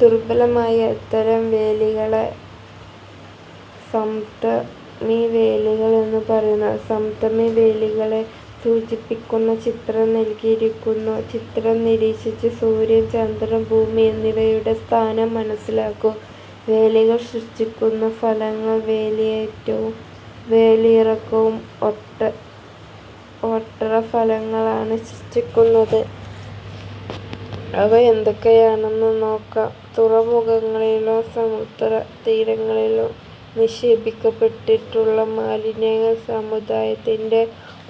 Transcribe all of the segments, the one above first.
ദുർബലമായ ഇത്തരം വേലികളെ സപ്തമിവേലികൾ എന്നു പറയുന്നു. സപ്തമി വേലികളെ സൂചിപ്പിക്കുന്ന ചിത്രം നൽകിയിരിക്കുന്നു. ചിത്രം നിരീക്ഷിച്ച് സൂര്യൻ, ചന്ദ്രൻ, ഭൂമി എന്നിവയുടെ സ്ഥാനം മനസ്സിലാക്കൂ. വേലികൾ സൃഷ്ടിക്കുന്ന ഫലങ്ങൾ. വേലിയേറ്റവും വേലിയിറക്കവും ഒട്ടേറെ ഫലങ്ങളാണ് സൃഷ്ടിക്കുന്നത്. അവ എന്തൊക്കെയെന്ന് നോക്കാം. തുറമുഖങ്ങളിലും സമുദ്രതീരങ്ങളിലും നിക്ഷേപിക്കപ്പെട്ടിട്ടുള്ള മാലിന്യങ്ങൾ സമുദ്രത്തിന്റെ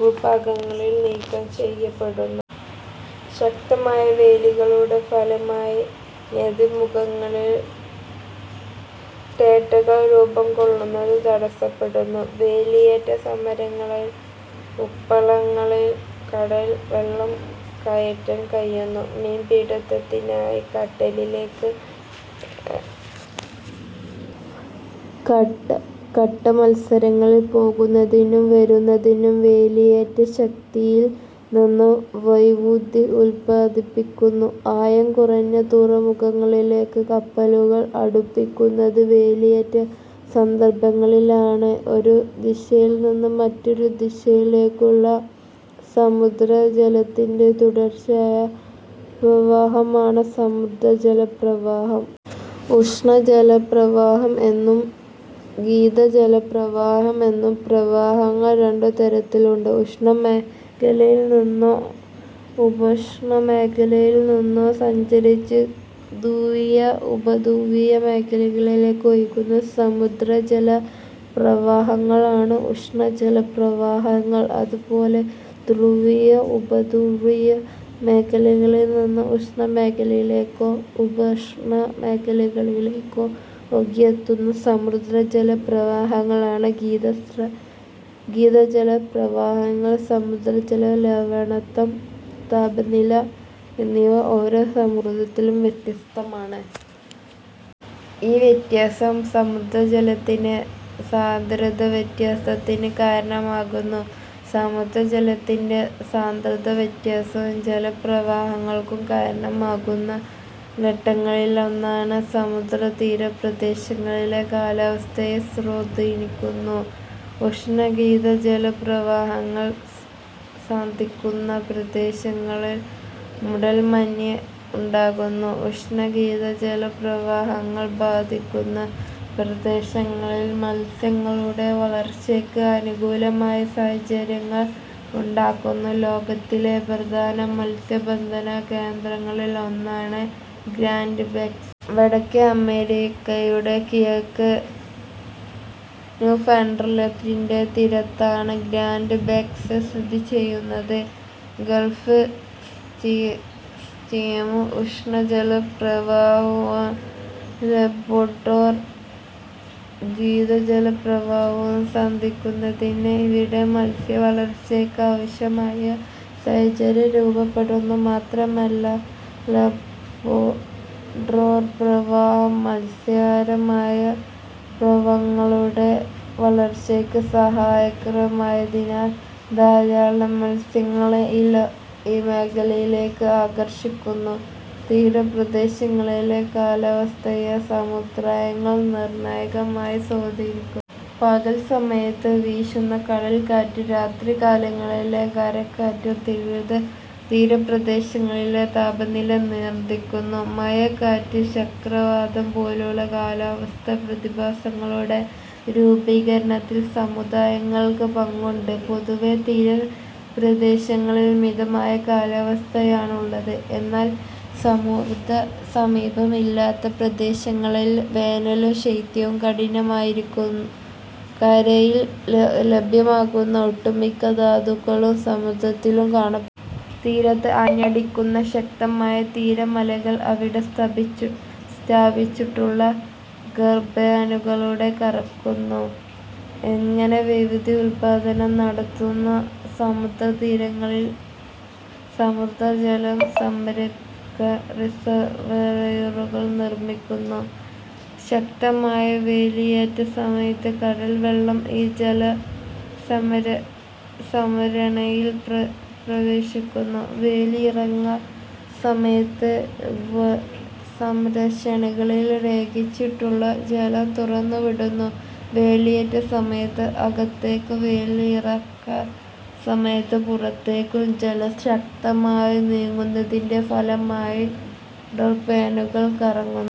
ഉൾഭാഗങ്ങളിലേക്ക് നീക്കം ചെയ്യപ്പെടുന്നു. ശക്തമായ വേലികളുടെ ഫലമായി നദീമുഖങ്ങളിൽ ഡെൽറ്റകൾ രൂപം കൊള്ളുന്നത് തടസ്സപ്പെടുന്നു. വേലിയേറ്റസമയങ്ങളിൽ ഉപ്പളങ്ങളിൽ കടൽവെള്ളം കയറ്റാൻ കഴിയുന്നു. മീൻപിടിത്തത്തിനായി കടലിലേക്ക് കട്ടമരങ്ങളിൽ പോകുന്നതിനും വരുന്നതിനും. വേലിയേറ്റശക്തിയിൽനിന്നു വൈദ്യുതി ഉൽപ്പാദിപ്പിക്കുന്നു. ആഴം കുറഞ്ഞ തുറമുഖങ്ങളിലേക്ക് കപ്പലുകൾ അടുപ്പിക്കുന്നത് വേലിയേറ്റ സന്ദർഭങ്ങളിലാണ്. ഒരു ദിശയിൽനിന്ന് മറ്റൊരു ദിശയിലേക്കുള്ള സമുദ്രജലത്തിന്റെ തുടർച്ചയായ പ്രവാഹമാണ് സമുദ്രജലപ്രവാഹം. ഉഷ്ണജല പ്രവാഹങ്ങൾ എന്നും ശീതജലപ്രവാഹങ്ങൾ എന്നും പ്രവാഹങ്ങൾ രണ്ടുതരത്തിലുണ്ട്. ഉഷ്ണ മേഖലയിൽനിന്നോ ഉപോഷ്ണമേഖലയിൽനിന്നോ സഞ്ചരിച്ച് ധ്രുവീയ-ഉപധ്രുവീയ മേഖലകളിലേക്ക് ഒഴുകുന്ന സമുദ്രജല പ്രവാഹങ്ങളാണ് ഉഷ്ണ ജലപ്രവാഹങ്ങൾ. അതുപോലെ ധ്രുവീയ ഉപധ്രുവീയ മേഖലകളിൽനിന്ന് ഉഷ്ണമേഖലയിലേക്കോ ഉപോഷ്ണമേഖലയിലേക്കോ ഒഴുകിയെത്തുന്ന സമുദ്രജലപ്രവാഹങ്ങളാണ് ശീതജലപ്രവാഹങ്ങൾ. സമുദ്രജല ലവണത്വം, താപനില എന്നിവ ഓരോ സമുദ്രത്തിലും വ്യത്യസ്തമാണ്. ഈ വ്യത്യാസം സമുദ്രജലത്തിന്റെ സാന്ദ്രതാവ്യത്യാസത്തിന് കാരണമാകുന്നു. സമുദ്രജലത്തിന്റെ സാന്ദ്രതാവ്യത്യാസം ജലപ്രവാഹങ്ങൾക്കു കാരണമാകുന്ന ഘടകങ്ങളിലൊന്നാണ്. സമുദ്രതീരപ്രദേശങ്ങളിലെ കാലാവസ്ഥയെ സ്വാധീനിക്കുന്നു. ഉഷ്ണ-ശീതജലപ്രവാഹങ്ങൾ സന്ധിക്കുന്ന പ്രദേശങ്ങളിൽ മൂടൽമഞ്ഞ് ഉണ്ടാകുന്നു. ഉഷ്ണ-ശീതജലപ്രവാഹങ്ങൾ സന്ധിക്കുന്ന പ്രദേശങ്ങളിൽ മത്സ്യങ്ങളുടെ വളർച്ചയ്ക്ക് അനുകൂലമായ സാഹചര്യങ്ങൾ ഉണ്ടാകുന്നു. ലോകത്തിലെ പ്രധാന മത്സ്യബന്ധന കേന്ദ്രങ്ങളിൽ ഒന്നാണ് ഗ്രാന്റ് ബാങ്ക്സ്. വടക്കേ അമേരിക്കയുടെ കിഴക്ക് ന്യൂഫൗണ്ട്ലാന്റിന്റെ തീരത്താണ് ഗ്രാന്റ് ബാങ്ക്സ് സ്ഥിതിചെയ്യുന്നത്. ഗൾഫ്സ്ട്രീം ഉഷ്ണജലപ്രവാഹവും ലാബ്രഡോർ ശീതജലപ്രവാഹവും സന്ധിക്കുന്നതിനാൽ ഇവിടെ മത്സ്യവളർച്ചയ്ക്കാവശ്യമായ സാഹചര്യം രൂപപ്പെടുന്നു. മാത്രമല്ല, ലാബ്രഡോർ പ്രവാഹം മത്സ്യാഹാരമായ പ്ലവകങ്ങളുടെ വളർച്ചയ്ക്ക് സഹായകമായതിനാൽ ധാരാളം മത്സ്യങ്ങളെ ഈ മേഖലയിലേക്ക് ആകർഷിക്കുന്നു. തീരപ്രദേശങ്ങളിലെ കാലാവസ്ഥയെ സമുദ്രങ്ങൾ നിർണായകമായി സ്വാധീനിക്കുന്നു. പകൽസമയത്ത് വീശുന്ന കടൽക്കാറ്റും രാത്രികാലങ്ങളിലെ കരക്കാറ്റും തീരപ്രദേശങ്ങളിലെ താപനില നിയന്ത്രിക്കുന്നു. മഴ, കാറ്റ്, ചക്രവാതം പോലുള്ള കാലാവസ്ഥാ പ്രതിഭാസങ്ങളുടെ രൂപീകരണത്തിൽ സമുദ്രങ്ങൾക്ക് പങ്കുണ്ട്. പൊതുവെ തീരപ്രദേശങ്ങളിൽ മിതമായ കാലാവസ്ഥയാണുള്ളത്. എന്നാൽ സമുദ്രസാമീപ്യം ഇല്ലാത്ത പ്രദേശങ്ങളിൽ വേനലും ശൈത്യവും കഠിനമായിരിക്കും. കരയിൽ ലഭ്യമാകുന്ന ഒട്ടുമിക്ക ധാതുക്കളും സമുദ്രങ്ങളിലും കാണപ്പെടുന്നു. തീരത്ത് ആഞ്ഞടിക്കുന്ന ശക്തമായ തിരമാലകൾ അവിടെ സ്ഥാപിച്ചിട്ടുള്ള ടർബൈനുകളെ കറക്കുന്നു. ഇങ്ങനെ വൈദ്യുതി ഉൽപ്പാദനം നടത്തുന്നു. സമുദ്രതീരങ്ങളിൽ സമുദ്രജലം സംഭരിക്കാൻ റിസർവോയറുകൾ നിർമിക്കുന്നു. ശക്തമായ വേലിയേറ്റസമയത്ത് കടൽവെള്ളം ഈ ജലസംഭരണിയിൽ പ്രവേശിക്കുന്നു. വേലിയിറക്കസമയത്ത് സംഭരണികളിൽ ശേഖരിച്ചിട്ടുള്ള ജലം തുറന്നുവിടുന്നു. വേലിയേറ്റസമയത്ത് അകത്തേക്കും വേലിയിറക്കസമയത്ത് പുറത്തേക്കും ജലം ശക്തമായി നീങ്ങുന്നതിന്റെ ഫലമായി ടർബൈനുകൾ കറങ്ങുന്നു.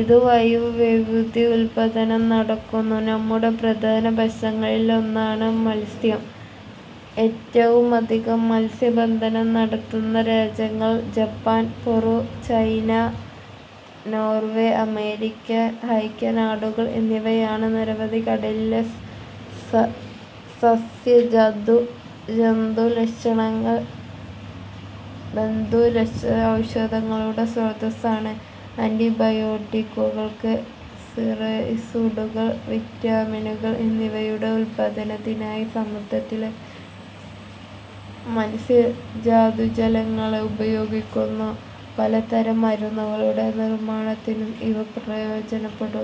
ഇതുവഴിയും വൈദ്യുതി ഉൽപ്പാദനം നടക്കുന്നു. നമ്മുടെ പ്രധാന ഭക്ഷണങ്ങളിലൊന്നാണ് മത്സ്യം. ഏറ്റവുമധികം മത്സ്യബന്ധനം നടത്തുന്ന രാജ്യങ്ങൾ Japan, Peru, China, Norway, American ഐക്യനാടുകൾ എന്നിവയാണ്. നിരവധി കടലിലെ സസ്യ-ജന്തുജാലങ്ങൾ ഔഷധങ്ങളുടെ സ്രോതസ്സാണ്. ആന്റിബയോട്ടിക്കുകൾ, സ്റ്റിറോയ്ഡുകൾ, വൈറ്റമിനുകൾ എന്നിവയുടെ ഉൽപ്പാദനത്തിനായി സമുദ്രത്തിലെ സസ്യ-ജന്തുജാലങ്ങളെ ഉപയോഗിക്കുന്നു. പലതരം മരുന്നുകളുടെ നിർമാണത്തിനും ഇവ പ്രയോജനപ്പെടുത്തുന്നു.